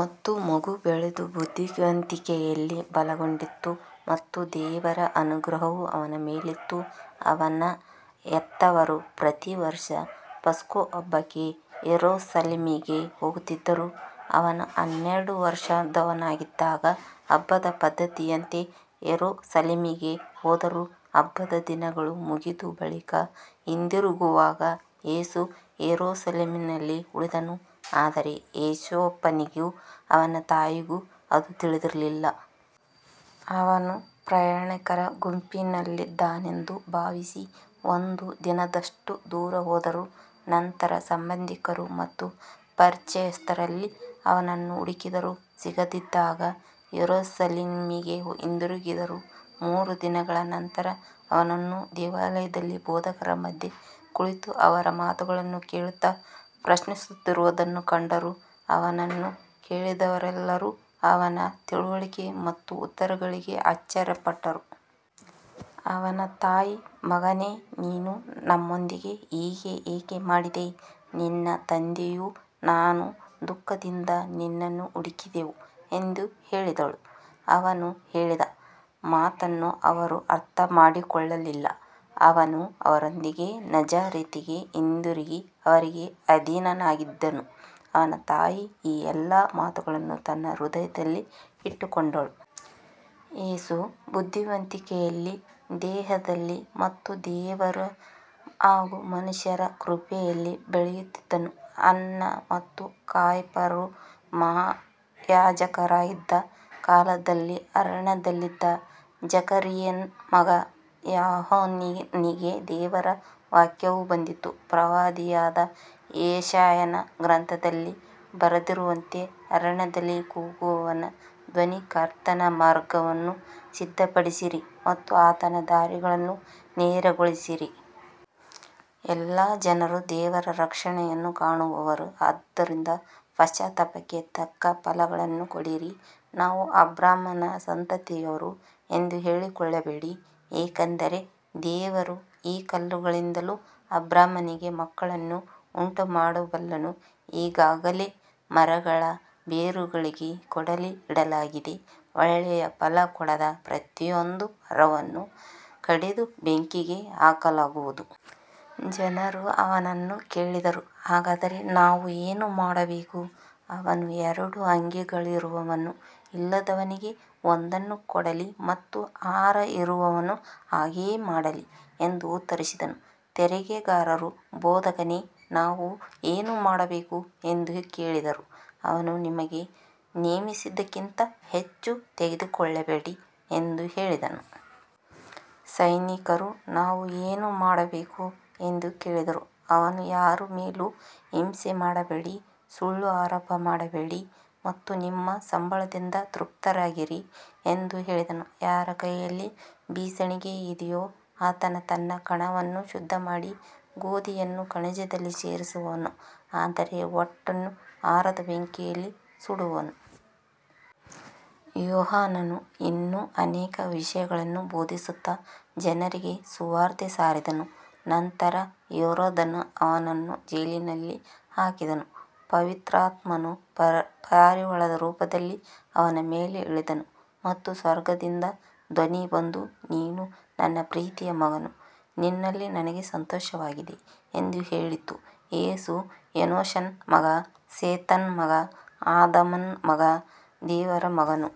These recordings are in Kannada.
ಮತ್ತು ಮಗು ಬೆಳೆದು ಬುದ್ಧಿವಂತಿಕೆಯಲ್ಲಿ ಬಲಗೊಂಡಿತು ಮತ್ತು ದೇವರ ಅನುಗ್ರಹವು ಅವನ ಮೇಲಿತ್ತು. ಅವನ ಹೆತ್ತವರು ಪ್ರತಿವರ್ಷ ಪಸ್ಕಹಬ್ಬಕ್ಕೆ ಯೆರೂಸಲೇಮಿಗೆ ಹೋಗುತ್ತಿದ್ದರು. ಅವನು ಹನ್ನೆರಡು ವರ್ಷದವನಾಗಿದ್ದಾಗ ಹಬ್ಬದ ಪದ್ಧತಿಯಂತೆ ಯೆರೂಸಲೇಮಿಗೆ ಹೋದರು. ಹಬ್ಬದ ದಿನಗಳು ಮುಗಿದ ಬಳಿಕ ಹಿಂದಿರುಗುವಾಗ ಯೇಸು ಯೆರೂಸಲೇಮಿನಲ್ಲೇ ಉಳಿದನು, ಆದರೆ ಯೋಸೇಫನಿಗೂ ಅವನ ತಾಯಿಗೂ ಅದು ತಿಳಿದಿರಲಿಲ್ಲ. ಅವನು ಪ್ರಯಾಣಿಕರ ಗುಂಪಿನಲ್ಲಿದ್ದಾನೆಂದು ಭಾವಿಸಿ ಒಂದು ದಿನದಷ್ಟು ದೂರ ಹೋದರು. ನಂತರ ಸಂಬಂಧಿಕರು ಮತ್ತು ಪರಿಚಯಸ್ಥರಲ್ಲಿ ಅವನನ್ನು ಹುಡುಕಿದರು. ಸಿಗದಿದ್ದಾಗ ಯೆರೂಸಲೇಮಿಗೆ ಹಿಂದಿರುಗಿದರು. ಮೂರು ದಿನಗಳ ನಂತರ ಅವನನ್ನು ದೇವಾಲಯದಲ್ಲಿ ಬೋಧಕರ ಮಧ್ಯೆ ಕುಳಿತು ಅವರ ಮಾತುಗಳನ್ನು ಕೇಳುತ್ತಾ ಪ್ರಶ್ನಿಸುತ್ತಿರುವುದನ್ನು ಕಂಡರು. ಅವನನ್ನು ಕೇಳಿದವರೆಲ್ಲರೂ ಅವನ ತಿಳುವಳಿಕೆ ಮತ್ತು ಉತ್ತರಗಳಿಗೆ ಆಶ್ಚರ್ಯಪಟ್ಟರು. ಅವನ ತಾಯಿ, ಮಗನೇ, ನೀನು ನಮ್ಮೊಂದಿಗೆ ಹೀಗೆ ಏಕೆ ಮಾಡಿದೆ? ನಿನ್ನ ತಂದೆಯೂ ನಾನೂ ದುಃಖದಿಂದ ನಿನ್ನನ್ನು ಹುಡುಕಿದೆವು ಎಂದು ಹೇಳಿದಳು. ಅವನು ಹೇಳಿದ ಮಾತನ್ನು ಅವರು ಅರ್ಥಮಾಡಿಕೊಳ್ಳಲಿಲ್ಲ. ಅವನು ಅವರೊಂದಿಗೆ ನಜರೇತಿಗೆ ಹಿಂದಿರುಗಿ ಅವರಿಗೆ ಅಧೀನನಾಗಿದ್ದನು. ಅವನ ತಾಯಿ ಈ ಎಲ್ಲಾ ಮಾತುಗಳನ್ನು ತನ್ನ ಹೃದಯದಲ್ಲಿ ಇಟ್ಟುಕೊಂಡಳು. ಯೇಸು ಬುದ್ಧಿವಂತಿಕೆಯಲ್ಲಿ, ದೇಹದಲ್ಲಿ ಮತ್ತು ದೇವರು ಹಾಗೂ ಮನುಷ್ಯರ ಕೃಪೆಯಲ್ಲಿ ಬೆಳೆಯುತ್ತಿದ್ದನು. ಅನ್ನ ಮತ್ತು ಕಾಯಫರು ಮಹಾಯಾಜಕರಾಗಿದ್ದ ಕಾಲದಲ್ಲಿ ಅರಣ್ಯದಲ್ಲಿದ್ದ ಜಕರೀಯನ ಮಗ ಯೋಹಾನನಿಗೆ ದೇವರ ವಾಕ್ಯವು ಬಂದಿತು. ಪ್ರವಾದಿಯಾದ ಯೆಶಾಯನ ಗ್ರಂಥದಲ್ಲಿ ಬರೆದಿರುವಂತೆ, ಅರಣ್ಯದಲ್ಲಿ ಕೂಗುವವನ ಧ್ವನಿ, ಕರ್ತನ ಮಾರ್ಗವನ್ನು ಸಿದ್ಧಪಡಿಸಿರಿ ಮತ್ತು ಆತನ ದಾರಿಗಳನ್ನು ನೇರಗೊಳಿಸಿರಿ. ಎಲ್ಲಾ ಜನರೂ ದೇವರ ರಕ್ಷಣೆಯನ್ನು ಕಾಣುವರು. ಆದ್ದರಿಂದ ಪಶ್ಚಾತ್ತಾಪಕ್ಕೆ ತಕ್ಕ ಫಲಗಳನ್ನು ಕೊಡಿರಿ. ನಾವು ಅಬ್ರಹಾಮನ ಸಂತತಿಯವರು ಎಂದು ಹೇಳಿಕೊಳ್ಳಬೇಡಿ, ಏಕೆಂದರೆ ದೇವರು ಈ ಕಲ್ಲುಗಳಿಂದಲೂ ಅಬ್ರಹಾಮನಿಗೆ ಮಕ್ಕಳನ್ನು ಉಂಟುಮಾಡಬಲ್ಲನು. ಈಗಾಗಲೇ ಮರಗಳ ಬೇರುಗಳಿಗೆ ಕೊಡಲಿ ಇಡಲಾಗಿದೆ. ಒಳ್ಳೆಯ ಫಲ ಕೊಡದ ಪ್ರತಿಯೊಂದು ಮರವನ್ನು ಕಡಿದು ಬೆಂಕಿಗೆ ಹಾಕಲಾಗುವುದು. ಜನರು ಅವನನ್ನು ಕೇಳಿದರು, ಹಾಗಾದರೆ ನಾವು ಏನು ಮಾಡಬೇಕು? ಅವನು, ಎರಡು ಅಂಗಿಗಳಿರುವವನು ಇಲ್ಲದವನಿಗೆ ಒಂದನ್ನು ಕೊಡಲಿ ಮತ್ತು ಆಹಾರವಿರುವವನು ಹಾಗೆಯೇ ಮಾಡಲಿ ಎಂದು ಉತ್ತರಿಸಿದನು. ತೆರಿಗೆಗಾರರು, ಬೋಧಕನೇ, ನಾವು ಏನು ಮಾಡಬೇಕು ಎಂದು ಕೇಳಿದರು. ಅವನು, ನಿಮಗೆ ನೇಮಿಸಿದಕ್ಕಿಂತ ಹೆಚ್ಚು ತೆಗೆದುಕೊಳ್ಳಬೇಡಿ ಎಂದು ಹೇಳಿದನು. ಸೈನಿಕರೂ ನಾವು ಏನು ಮಾಡಬೇಕು ಎಂದು ಕೇಳಿದರು. ಅವನು, ಯಾರ ಮೇಲೂ ಹಿಂಸೆ ಮಾಡಬೇಡಿ, ಸುಳ್ಳು ಆರೋಪ ಮಾಡಬೇಡಿ ಮತ್ತು ನಿಮ್ಮ ಸಂಬಳದಿಂದ ತೃಪ್ತರಾಗಿರಿ ಎಂದು ಹೇಳಿದನು. ಯಾರ ಕೈಯಲ್ಲಿ ಬೀಸಣಿಗೆ ಇದೆಯೋ ಆತನು ತನ್ನ ಕಣವನ್ನು ಶುದ್ಧಮಾಡಿ ಗೋಧಿಯನ್ನು ಕಣಜದಲ್ಲಿ ಸೇರಿಸುವನು, ಆದರೆ ಹೊಟ್ಟನ್ನು ಆರದ ಬೆಂಕಿಯಲ್ಲಿ ಸುಡುವನು. ಯೋಹಾನನು ಇನ್ನೂ ಅನೇಕ ವಿಷಯಗಳನ್ನು ಬೋಧಿಸುತ್ತಾ ಜನರಿಗೆ ಸುವಾರ್ತೆ ಸಾರಿದನು. ನಂತರ ಹೆರೋದನು ಅವನನ್ನು ಜೈಲಿನಲ್ಲಿ ಹಾಕಿದನು. ಪವಿತ್ರಾತ್ಮನು ಪಾರಿವಾಳದ ರೂಪದಲ್ಲಿ ಅವನ ಮೇಲೆ ಇಳಿದನು ಮತ್ತು ಸ್ವರ್ಗದಿಂದ ಧ್ವನಿ ಬಂದು, ನೀನು ನನ್ನ ಪ್ರೀತಿಯ ಮಗನು, ನಿನ್ನಲ್ಲಿ ನನಗೆ ಸಂತೋಷವಾಗಿದೆ ಎಂದು ಹೇಳಿತು. ಯೇಸು ಎನೋಷನ ಮಗ, ಸೇತನ ಮಗ, ಆದಾಮನ ಮಗ, ದೇವರ ಮಗನು.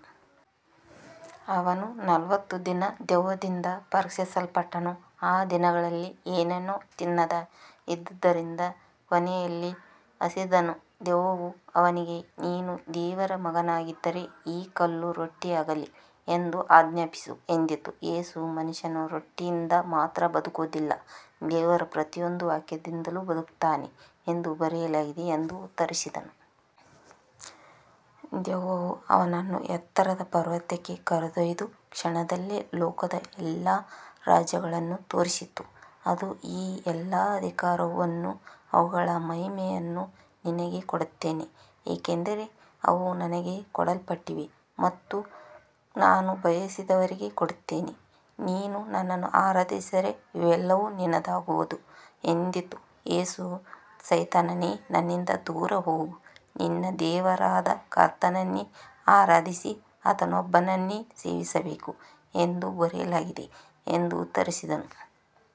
ಅವನು ನಲವತ್ತು ದಿನ ದೆವ್ವದಿಂದ ಪರೀಕ್ಷಿಸಲ್ಪಟ್ಟನು. ಆ ದಿನಗಳಲ್ಲಿ ಏನನ್ನೂ ತಿನ್ನದೆ ಇದ್ದುದರಿಂದ ಕೊನೆಯಲ್ಲಿ ಹಸಿದನು. ದೆವ್ವವು ಅವನಿಗೆ, ನೀನು ದೇವರ ಮಗನಾಗಿದ್ದರೆ ಈ ಕಲ್ಲು ರೊಟ್ಟಿಯಾಗಲಿ ಎಂದು ಆಜ್ಞಾಪಿಸು ಎಂದಿತು. ಯೇಸು, ಮನುಷ್ಯನು ರೊಟ್ಟಿಯಿಂದ ಮಾತ್ರ ಬದುಕುವುದಿಲ್ಲ, ದೇವರ ಪ್ರತಿಯೊಂದು ವಾಕ್ಯದಿಂದಲೂ ಬದುಕುತ್ತಾನೆ ಎಂದು ಬರೆಯಲಾಗಿದೆ ಎಂದು ಉತ್ತರಿಸಿದನು. ದೆವ್ವವು ಅವನನ್ನು ಎತ್ತರದ ಪರ್ವತಕ್ಕೆ ಕರೆದೊಯ್ದು ಕ್ಷಣದಲ್ಲೇ ಲೋಕದ ಎಲ್ಲಾ ರಾಜ್ಯಗಳನ್ನು ತೋರಿಸಿತು. ಅದು, ಈ ಎಲ್ಲಾ ಅಧಿಕಾರವನ್ನೂ ಅವುಗಳ ಮಹಿಮೆಯನ್ನೂ ನಿನಗೆ ಕೊಡುತ್ತೇನೆ, ಏಕೆಂದರೆ ಅವು ನನಗೆ ಕೊಡಲ್ಪಟ್ಟಿವೆ ಮತ್ತು ನಾನು ಬಯಸಿದವರಿಗೆ ಕೊಡುತ್ತೇನೆ. ನೀನು ನನ್ನನ್ನು ಆರಾಧಿಸಿದರೆ ಇವೆಲ್ಲವೂ ನಿನ್ನದಾಗುವುದು ಎಂದಿತು. ಯೇಸು, ಸೈತಾನನೇ, ನನ್ನಿಂದ ದೂರ ಹೋಗು, ನಿನ್ನ ದೇವರಾದ ಕರ್ತನನ್ನೇ ಆರಾಧಿಸಿ ಆತನೊಬ್ಬನನ್ನೇ ಸೇವಿಸಬೇಕು ಎಂದು ಬರೆಯಲಾಗಿದೆ ಎಂದು ಉತ್ತರಿಸಿದನು.